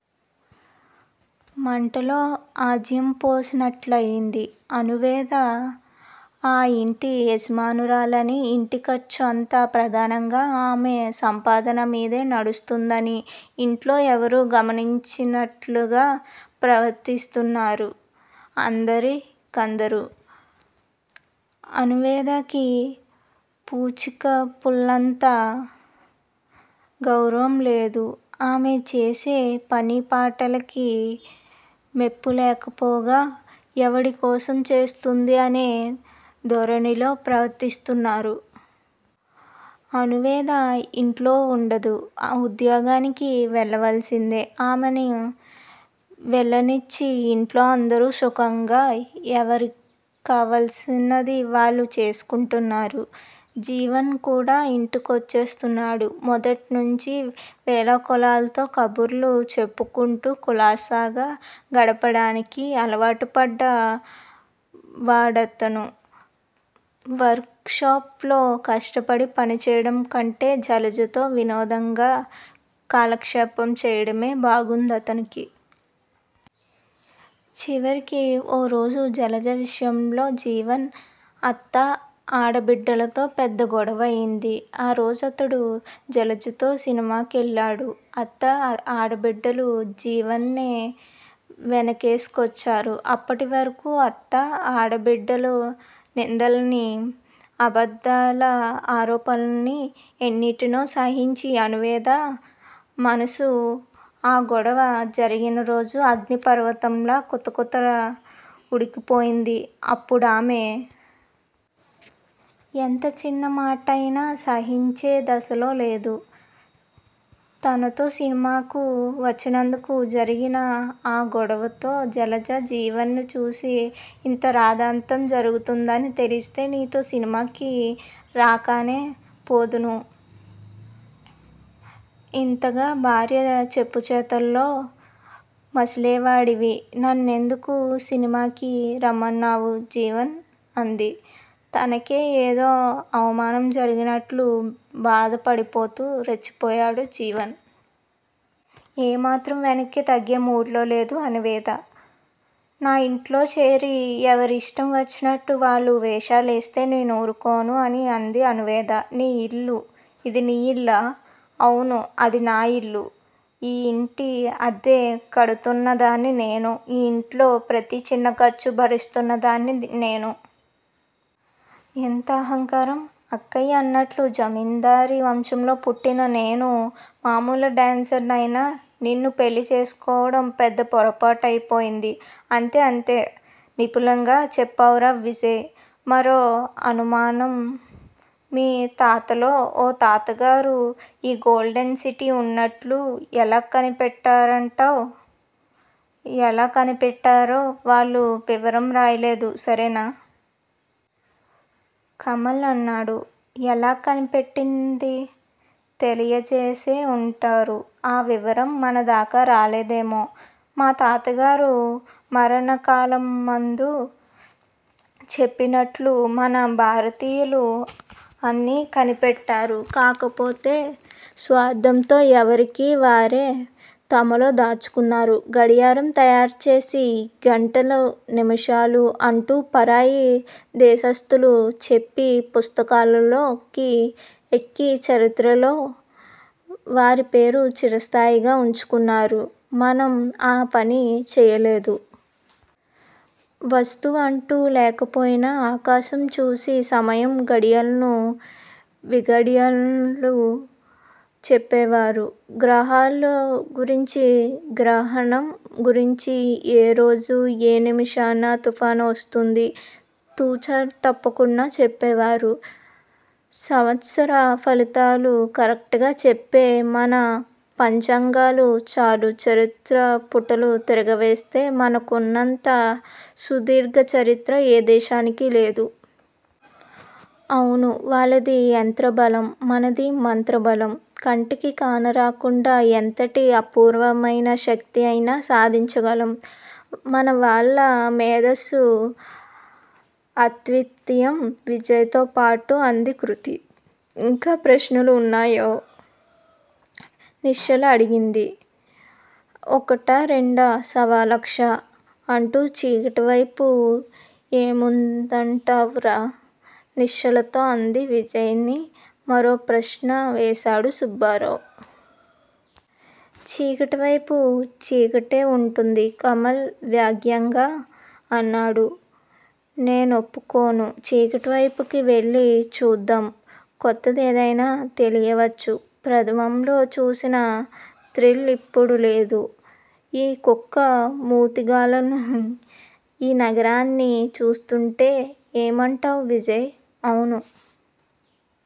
మంటలో ఆజ్యం పోసినట్లయింది. అణువేద ఆ ఇంటి యజమానురాలని, ఇంటి ఖర్చు అంతా ప్రధానంగా ఆమె సంపాదన మీదే నడుస్తోందని యింట్లో ఎవరూ గమనించినట్లుగా ప్రవర్తిస్తున్నారు అందరి కందరు. అణువేదకి పూచికపుల్లంత గౌరవం లేదు. ఆమె చేసే పనిపాటలకి మెప్పులేకపోగా ఎవడి కోసం చేస్తుంది అనే ధోరణిలో ప్రవర్తిస్తున్నారు. అణువేద యింట్లో వుండదు. ఉద్యోగానికి వెళ్ళవలసిందే. ఆమెని వెళ్ళనిచ్చి యింట్లో అందరూ సుఖంగా యెవరిక్కావలసినది వాళ్ళు చేసుకుంటున్నారు. జీవన్ కూడా ఇంటికొచ్చేస్తున్నాడు. మొదట్నించి వేళాకొళాలతో కబుర్లు చెప్పుకుంటూ కులాసాగా గడపడానికి అలావాటు పడ్డ వాడతను వర్కు షాప్ లో కష్టపడి పనిచేయడం కంటే జలజతో వినోదంగా కాలక్షేపం చేయడమే బాగుందతనికి. చివరికి ఓరోజు జలజ విషయంలో జీవన్, అత్త, ఆడబిడ్డలతో పెద్ద గోడవైంది. ఆ రోజతడు జలజతో సినిమా కెళ్ళాడు. అత్త ఆడబిడ్డలు జీవన్ నే వెనకేసుకొచ్చారు. అప్పటివరకూ అత్తా, ఆడబిడ్డల నిందల్ని, అబద్దాల ఆరోపణల్ని, ఎన్నింటినో సహించి అణువేద మనసు ఆ గొడవ జరిగిన రోజు అగ్ని పర్వతంలా కుతకుత ఉడికిపోయింది అప్పుడామే. ఎంత చిన్నమాటైనా సహించేదశలో లేదు. తనతో సినిమాకు వచ్చినందుకు జరిగిన ఆ గొడవతో జలజ జీవన్ ని చూసి, ఇంత రాద్ద్దాంతం జరుగుతుందని తెలిస్తే నీతో సినిమాకి రాకనే పోదును. ఇంతగా భార్య చెప్పుచేతల్లో మసిలేవాడివి నన్నెందుకు సినిమాకి రమ్మన్నావు జీవన్ అంది. తనకే ఏదో అవమానం జరిగినట్లు బాధ పడిపోతూ రెచ్చిపోయాడు జీవన్. ఏమాత్రం వెనక్కి తగ్గే మూడ్ లో లేదు అణువేద. నాయింట్లో చేరి ఎవరి యిష్టం వచ్చినట్లు వాళ్ళు వేషాలేస్తే నేనూరుకొను అని అంది అణువేద. నీ ఇల్లు ఇది నీ ఇల్లా? అవును అది నా ఇల్లు ఈ యింటి అద్దె కడుతున్నదాన్ని నేను. ఈ యింట్లో ప్రతి చిన్న ఖర్చు భరిస్తున్న దాన్ని నేను. ఎంత అహంకారం! అక్కయ్య అన్నట్లు జమిందారీ వంశంలో పుట్టిన నేను మాములు డాన్సరునైన నిన్ను పెళ్ళి చేసుకోవడం పెద్ద పోరాపాటైపోయింది. అంతే అంతే. నిపులంగా చెప్పావురా విజయ్! మరో అనుమానం మీ తాతల్లో ఓ తాతగారు ఈ గోల్డెన్ సిటీ వున్నట్లు ఎలా కనిపెట్టారంటావ్? ఎలా కనిపెట్టారో వాళ్ళు వివరం రాయలేదు సరేనా? కమల్ అన్నాడు. ఎలా కనిపెట్టిందీ తెలియజేసే వుంటారు ఆ వివరం మనదాకా రాలేదేమో! మాతాతగారు మరణ కాలమందు చెప్పినట్లు మన భారతీయులు అన్నీ కనిపెట్టారు. కాకపోతే స్వార్దంతో ఎవరికీ వారే తమలో దాచుకున్నారు గడియారం తయారుచేసి గంటలు నిముషాలు అంటూ పరాయి దేశస్తులు చెప్పి పుస్తకాల్లోకి ఎక్కి చరిత్రలో వారిపేరు చిరస్థాయిగా ఉంచుకున్నారు మనం ఆ పని చేయలేదు. వస్తువు అంటూ లేకపోయినా ఆకాశం చూసి సమయం ఘడియలను విఘడియలు, చెప్పేవారు గ్రహాల గురించి గ్రహణం గురించి ఏ రోజు ఏ నిముషాన తుఫాను వస్తుంది తుచ తప్పకుండా చెప్పేవారు. సవంత్సర ఫలితాలు కరెక్ట్ గా చెప్పే మన పంచాంగాలు చాలు చరిత్ర పుటలు తిరగవేస్తె మనకున్నంత సుదీర్ఘ చరిత్ర ఏ దేశానికీ లేదు. అవును వాళ్ళది యంత్రబలం మనది మంత్ర బాలం. కంటికి కానరాకుండా ఎంతటి అపూర్వమైన శక్తి అయినా సాధించగలం. మన వాళ్ళ మేధస్సు అద్వితీయం విజయ్ తో పాటు అంది కృతి. ఇంకా ప్రశ్నలు వున్నాయో? నిశ్చల అడిగింది. ఒకటా రెండా సవాలక్ష. అంటు చీకటివైపు ఏముందంటావురా? నిశ్చలతో అంది విజయ్ ని మరో ప్రశ్న వేశాడు సుబ్బారావు. చీకటివైపు చీకటే వుంటుంది కమల్ వ్యగ్యంగా అన్నాడు. నే నొప్పుకొను. చీకటివైపుకి వెళ్ళి చూద్దాం. కొత్తది ఏదైనా తెలియవచ్చు. ప్రధమంలో చూసిన థ్రిల్ ఇప్పుడు లేదు. ఈ కుక్క మూతిగాళ్ళను ఈ నగరాన్ని చూస్తుంటే. ఏమంటావు విజయ్! అవును